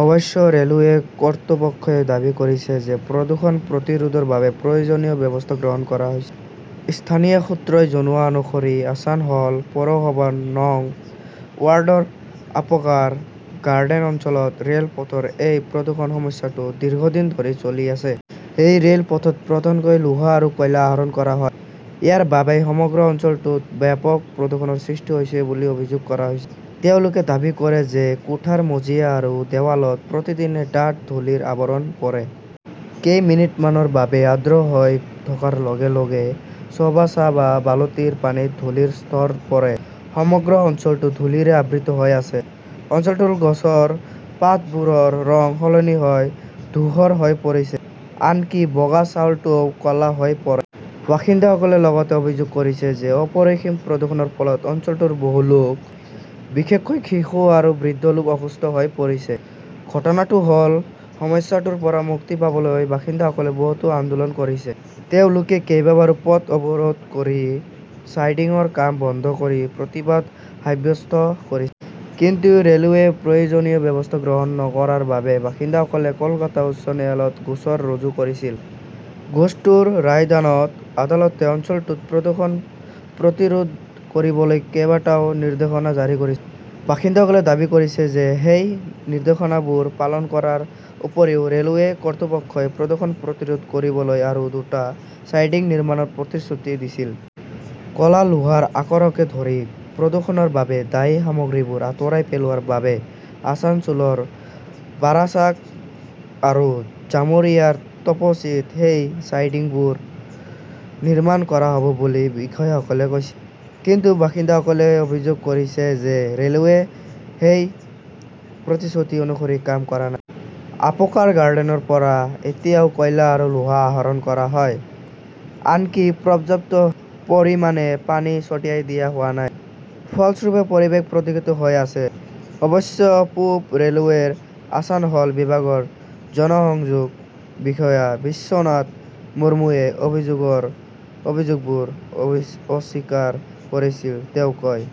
অৱশ্যে, ৰেলৱে কৰ্তৃপক্ষই দাবী কৰিছে যে প্ৰদূষণ প্ৰতিৰোধৰ বাবে প্ৰয়োজনীয় ব্যৱস্থা গ্ৰহণ কৰা হৈছে। স্থানীয় সূত্ৰই জনোৱা অনুসৰি আছানসল পৌৰসভাৰ নং ৱাৰ্ডৰ আপকাৰ গাৰ্ডেন অঞ্চলত ৰেল পথৰ এই প্ৰদূষণ-সমস্যাটো দীৰ্ঘদিন ধৰি চলি আছে। এই ৰেলপথত প্ৰধানকৈ লোহা আৰু কয়লা আহৰণ কৰা হয়। ইয়াৰ বাবেই সমগ্ৰ অঞ্চলটোত ব্যাপক প্ৰদূষণৰ সৃষ্টি হৈছে বুলি অভিযোগ কৰা হৈছে। তেওঁলোকে দাবী কৰে যে কোঠাৰ মজিয়া আৰু দেৱালত প্ৰতিদিনে ডাঠ ধূলিৰ আৱৰণ পৰে। কেইমিনিটমানৰ বাবে আৰ্দ্ৰ হৈ থকাৰ লগে লগে চৌবাচা বা বালতিৰ পানীত ধূলিৰ স্তৰ পৰে। সমগ্ৰ অঞ্চলটো ধূলিৰে আবৃত হৈ আছে। অঞ্চলটোৰ গছৰ পাতবোৰৰ ৰং সলনি হৈ ধূসৰ হৈ পৰিছে। আনকি বগা চাউলটোও ক'লা হৈ পৰে। বাসিন্দাসকলে লগতে অভিযোগ কৰিছে যে অপৰিসীম প্ৰদূষণৰ ফলত অঞ্চলটোৰ বহু লোক, বিশেষকৈ শিশু আৰু বৃদ্ধ লোক অসুস্থ হৈ পৰিছে। ঘটনাটো হ'ল, সমস্যাটোৰ পৰা মুক্তি পাবলৈ বাসিন্দাসকলে বহুতো আন্দোলন কৰিছে। তেওঁলোকে কেইবাবাৰো পথ অৱৰোধ কৰি চাইডিংৰ কাম বন্ধ কৰি প্ৰতিবাদ সাব্যস্ত কৰিছিল। কিন্তু ৰেলৱেই প্ৰয়োজনীয় ব্যৱস্থা গ্ৰহণ নকৰাৰ বাবে বাসিন্দাসকলে কলকাতা উচ্চ ন্যায়ালয়ত গোচৰ ৰুজু কৰিছিল। গোচৰটোৰ ৰায়দানত আদালতে অঞ্চলটোত প্ৰদূষণ প্ৰতিৰোধ কৰিবলৈ কেইবাটাও নিৰ্দেশনা জাৰি কৰিছিল। বাসিন্দাসকলে দাবী কৰিছে যে সেই নিৰ্দেশনাবোৰ পালন কৰাৰ উপৰিও ৰেলৱে কৰ্তৃপক্ষই প্ৰদূষণ প্ৰতিৰোধ কৰিবলৈ আৰু দুটা চাইডিং নিৰ্মাণৰ প্ৰতিশ্ৰুতি দিছিল। ক'লা, লোহাৰ আকৰককে ধৰি প্ৰদূষণৰ বাবে দায়ী সামগ্ৰীবোৰ আঁতৰাই পেলোৱাৰ বাবে আসানছোলৰ বাৰাচাক আৰু জামুৰিয়াৰ তপচীত সেই চাইডিংবোৰ নিৰ্মাণ কৰা হ ব বুলি বিষয়াসকলে কৈছিল। কিন্তু বাসিন্দাসকলে অভিযোগ কৰিছে যে ৰেলৱেই সেই প্ৰতিশ্ৰুতি অনুসৰি কাম কৰা নাই। আপকাৰ গাৰ্ডেনৰ পৰা এতিয়াও কয়লা আৰু লোহা আহৰণ কৰা হয়। আনকি পৰ্যাপ্ত পৰিমাণে পানী ছটিয়াই দিয়া হোৱা নাই। ফলস্বৰূপে, পৰিৱেশ প্ৰদূষিত হৈ আছে। অৱশ্যে, পূব ৰেলৱেৰ আছানসল বিভাগৰ জনসংযোগ বিষয়া বিশ্বনাথ মুৰ্মুৱে অভিযোগবোৰ অস্বীকাৰ কৰিছিল। তেওঁ কয়,